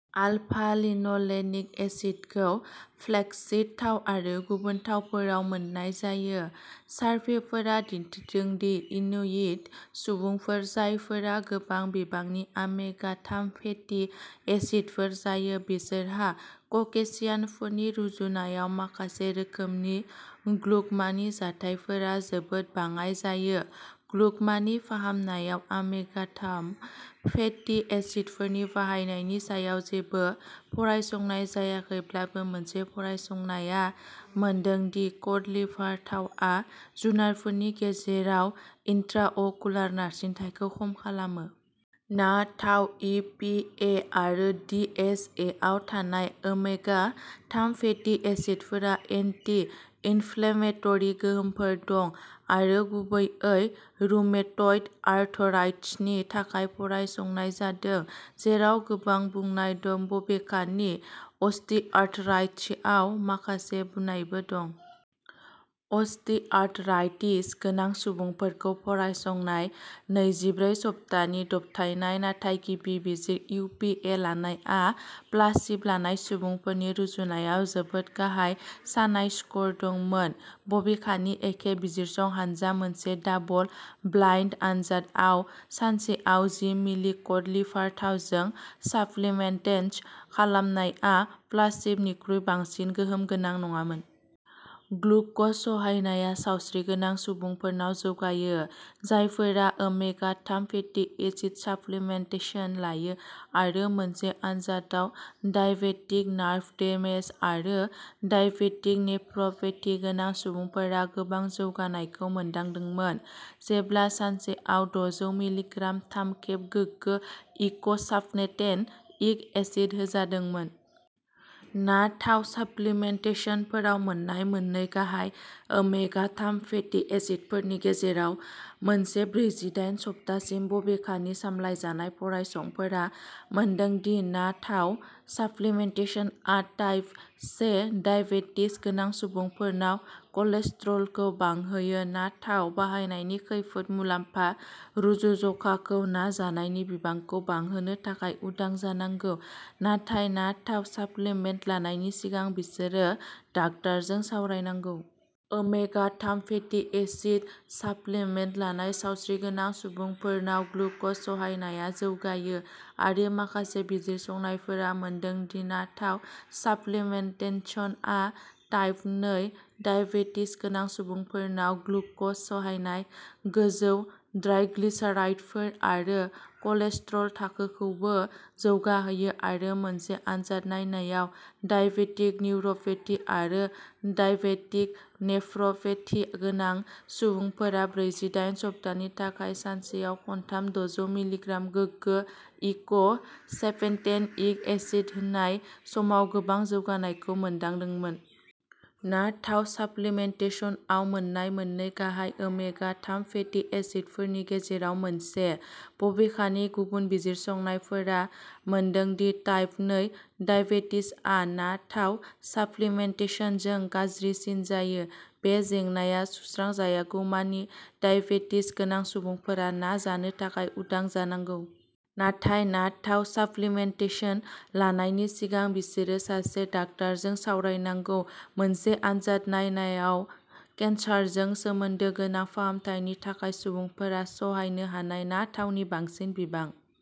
आलफा-लिन'लेनिक एसिडखौ flaxseed थाव आरो गुबुन थावफोराव मोननाय जायो। सारभेफोरा दिन्थिदों दि इनुइट सुबुंफोर, जायफोरा गोबां बिबांनि ओमेगा थाम फेटी एसिडफोर जायो, बिसोरहा ककेशियानफोरनि रुजुनायाव माखासे रोखोमनि ग्लुक'मानि जाथायफोरा जोबोद बाङाइ जायो। ग्लुक'मानि फाहामनायाव ओमेगा थाम फेटी एसिडफोरनि बाहायनायनि सायाव जेबो फरायसंनाय जायाखैब्लाबो मोनसे फरायसंनाया मोनदों दि कड लिभार थाव आ जुनारफोरनि गेजेराव इन्ट्राअकुलार नारसिनथायखौ खम खालामो। ना थाव, ई पी ए आरो डी एच एआव थानाय ओमेगा थाम फेटी एसिडफोरा एन्टि-इनफ्लेमेटरि गोहोमफोर दं आरो गुबैयै रुमेटइड आर्थराइटिसनि थाखाय फरायसंनाय जादों, जेराव गोबां बुनाय दं। बबेखानि अस्टिआर्थराइटिसआव माखासे बुनायबो दं। अस्टिआर्थराइटिस गोनां सुबुंफोरखौ फरायसंनाय नैजिब्रै सप्तानि दबथायनाय नाथाय गिबि बिजिर इ पि ए लानायआ प्लासिब' लानाय सुबुंफोरनि रुजुनायाव जोबोद गाहाय सानाय स्कर दंमोन। बबेखानि एखे बिजिरसं हानजा मोनसे डाबल-ब्लाइन्ड आन्जादआव सानसेयाव जि मिलि कड लिभार थावजों साप्लिमेन्टेसन खालामनाया प्लासिब'निख्रुइ बांसिन गोहोम गोनां नङामोन। ग्लुक'ज सहायनाया सावस्रिगोनां सुबुंफोरनाव जौगायो, जायफोरा ओमेगा थाम फेटि एसिड साप्लिमेन्टेसन लायो। आरो मोनसे आन्जादआव डायबेटिक नार्भ डेमेज आरो डायबेटिक नेफ्र'पेथि गोनां सुबुंफोरा गोबां जौगानायखौ मोनदांदोंमोन जेब्ला सानसेयाव द'जौ मिलिग्राम थाम खेब गोगो इक'सापेनटेन'इक एसिड होजादोंमोन। ना थाव साप्लिमेन्टेसनफोराव मोन्नाय मोननै गाहाय ओमेगा थाम फेटि एसिडफोरनि गेजेराव मोनसे ब्रैजिडाइन सप्तासिम। बबेखानि सामलायजानाय फरायसंफोरा मोनदों दि ना थाव साप्लिमेन्टेसनआ टाइप से डायबेटिस गोनां सुबुंफोरनाव कलेस्ट्रलखौ बांहोयो। ना थाव बाहायनायनि खैफोद-मुलाम्फा रुजुज'खाखौ ना जानायनि बिबांखौ बांहोनो थाखाय उदां जानांगौ, नाथाय ना थाव साप्लिमेन्ट लानायनि सिगां बिसोरो डाक्टारजों सावरायनांगौ। ओमेगा थाम फेटि एसिड साप्लिमेन्ट लानाय सावस्रिगोनां सुबुंफोरनाव ग्लुक'ज सहायनाया जौगायो, आरो माखासे बिजिरसंनायफोरा मोनदों दि ना थाव साप्लिमेन्टेसनआ टाइप नै डाइबेटिस गोनां सुबुंफोरनाव ग्लुक'ज सहायनाय, गोजौ ट्राइग्लिसाराइडफोर आरो कलेस्ट्रल थाखोखौबो जौगाहोयो। आरो मोनसे आन्जाद नायनायाव, डायबेटिक निउर'पेथि आरो डाइबेटिक नेफ्र'पेथि गोनां सुबुंफोरा ब्रैजिडाइन सप्तानि थाखाय सानसेयाव खनथाम द'जौ मिलिग्राम गोगो इक'सेपेन्टेएन'इक एसिड होनाय समाव गोबां जौगानायखौ मोनदांदोंमोन। ना थाव साप्लिमेन्टेसनआव मोन्नाय मोननै गाहाय ओमेगा थाम फेटि एसिडफोरनि गेजेराव मोनसे। बबेखानि गुबुन बिजिरसंनायफोरा मोनदों दि टाइप नै डाइबेटिसआ ना थाव साप्लिमेन्टेसनजों गाज्रिसिन जायो। बे जेंनाया सुस्रांजायागौमानि डाइबेटिस गोनां सुबुंफोरा ना जानो थाखाय उदां जानांगौ। नाथाय ना थाव साप्लिमेन्टेसन लानायनि सिगां बिसोरो सासे डाक्टारजों सावरायनांगौ। मोनसे आन्जाद नायनायाव केन्सारजों सोमोन्दो गोनां फाहामथायनि थाखाय सुबुंफोरा सहायनो हानाय ना थावनि बांसिन बिबां।